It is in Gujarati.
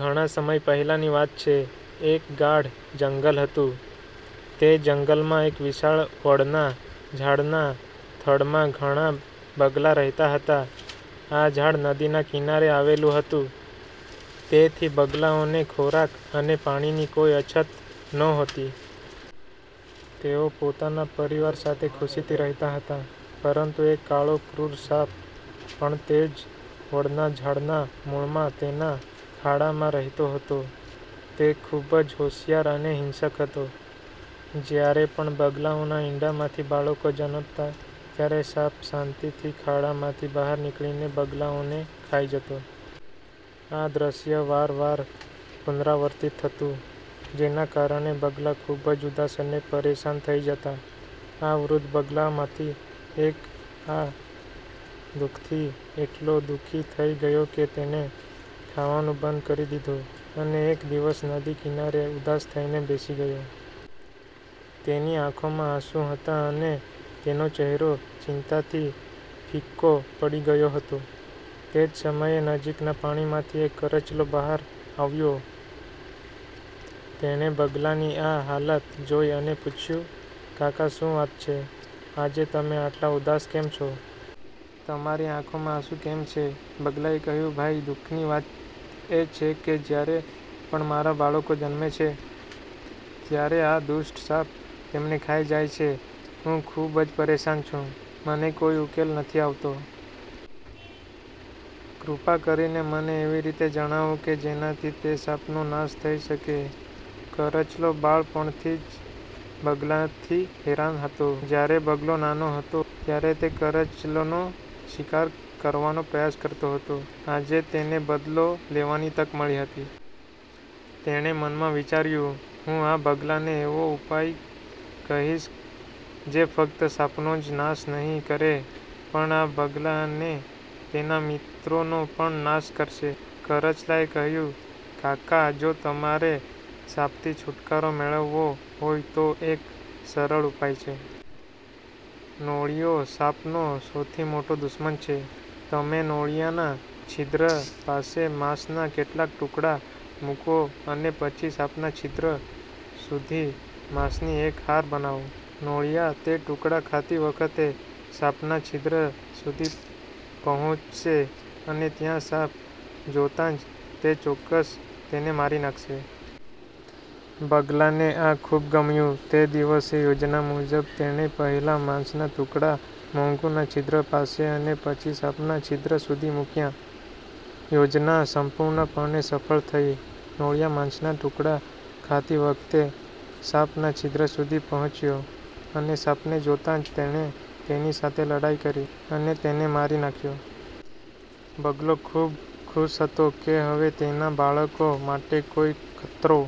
ઘણા સમય પહેલાની વાત છે. એક ગાઢ જંગલ હતું. તે જંગલમાં એક વિશાળ વડના ઝાડના થડમાં ઘણા બગલા રહેતા હતા. આ ઝાડ નદીના કિનારે આવેલું હતું, તેથી બગલાઓને ખોરાક અને પાણીની કોઈ અછત નહોતી. તેઓ પોતાના પરિવાર સાથે ખુશીથી રહેતા હતા. પરંતુ એક કાળો, ક્રૂર સાપ પણ તે જ વડના ઝાડના મૂળમાં તેના ખાડામાં રહેતો હતો. તે ખૂબ જ હોશિયાર અને હિંસક હતો. જ્યારે પણ બગલાઓના ઈંડામાંથી બાળકો જન્મતા, ત્યારે સાપ શાંતિથી ખાડામાંથી બહાર નીકળીને બગલાઓને ખાઈ જતો. આ દ્રશ્ય વારંવાર પુનરાવર્તિત થતું, જેના કારણે બગલા ખૂબ જ ઉદાસ અને પરેશાન થઈ જતા. આ વૃદ્ધ બગલામાંથી એક આ દુ:ખથી એટલો દુઃખી થઈ ગયો કે તેણે ખાવાનું બંધ કરી દીધું અને એક દિવસ નદી કિનારે ઉદાસ થઈને બેસી ગયો. તેની આંખોમાં આંસુ હતા અને તેનો ચહેરો ચિંતાથી ફિક્કો પડી ગયો હતો. તે જ સમયે, નજીકના પાણીમાંથી એક કરચલો બહાર આવ્યો. તેણે બગલાની આ હાલત જોઈ અને પૂછ્યું, કાકા! શું વાત છે? આજે તમે આટલા ઉદાસ કેમ છો? તમારી આંખોમાં આંસુ કેમ છે? બગલાએ કહ્યું, ભાઈ! દુઃખની વાત એ છે કે જ્યારે પણ મારા બાળકો જન્મે છે, ત્યારે આ દુષ્ટ સાપ તેમને ખાઈ જાય છે. હું ખૂબ જ પરેશાન છું. મને કોઈ ઉકેલ નથી આવતો. કૃપા કરીને મને એવી રીત જણાવો કે જેનાથી તે સાપનો નાશ થઈ શકે. કરચલો બાળપણથી જ બગલાથી હેરાન હતો. જ્યારે બગલો નાનો હતો, ત્યારે તે કરચલોનો શિકાર કરવાનો પ્રયાસ કરતો હતો. આજે તેને બદલો લેવાની તક મળી હતી. તેણે મનમાં વિચાર્યું – હું આ બગલાને એવો ઉપાય કહીશ જે ફક્ત સાપનો જ નાશ નહીં કરે, પણ આ બગલા અને તેના મિત્રોનો પણ નાશ કરશે. કરચલાએ કહ્યું, કાકા! જો તમારે સાપથી છુટકારો મેળવવો હોય, તો એક સરળ ઉપાય છે. નોળિયો સાપનો સૌથી મોટો દુશ્મન છે. તમે નોળિયાના છિદ્ર પાસે માંસના કેટલાક ટુકડા મૂકો અને પછી સાપના છિદ્ર સુધી માંસની એક હાર બનાવો. નોળિયા તે ટુકડા ખાતી વખતે સાપના છિદ્ર સુધી પહોંચશે અને ત્યાં સાપ જોતાં જ તે ચોક્કસ તેને મારી નાખશે. બગલાને આ ખૂબ ગમ્યું. તે દિવસે, યોજના મુજબ, તેણે પહેલા માંસના ટુકડા મોંગૂના છિદ્ર પાસે અને પછી સાપના છિદ્ર સુધી મૂક્યા. યોજના સંપૂર્ણપણે સફળ થઈ. નોળિયા માંસના ટુકડા ખાતી વખતે સાપના છિદ્ર સુધી પહોંચ્યો અને સાપને જોતાં જ તેણે તેની સાથે લડાઈ કરી અને તેને મારી નાખ્યો. બગલો ખૂબ ખુશ હતો કે હવે તેના બાળકો માટે કોઈ ખતરો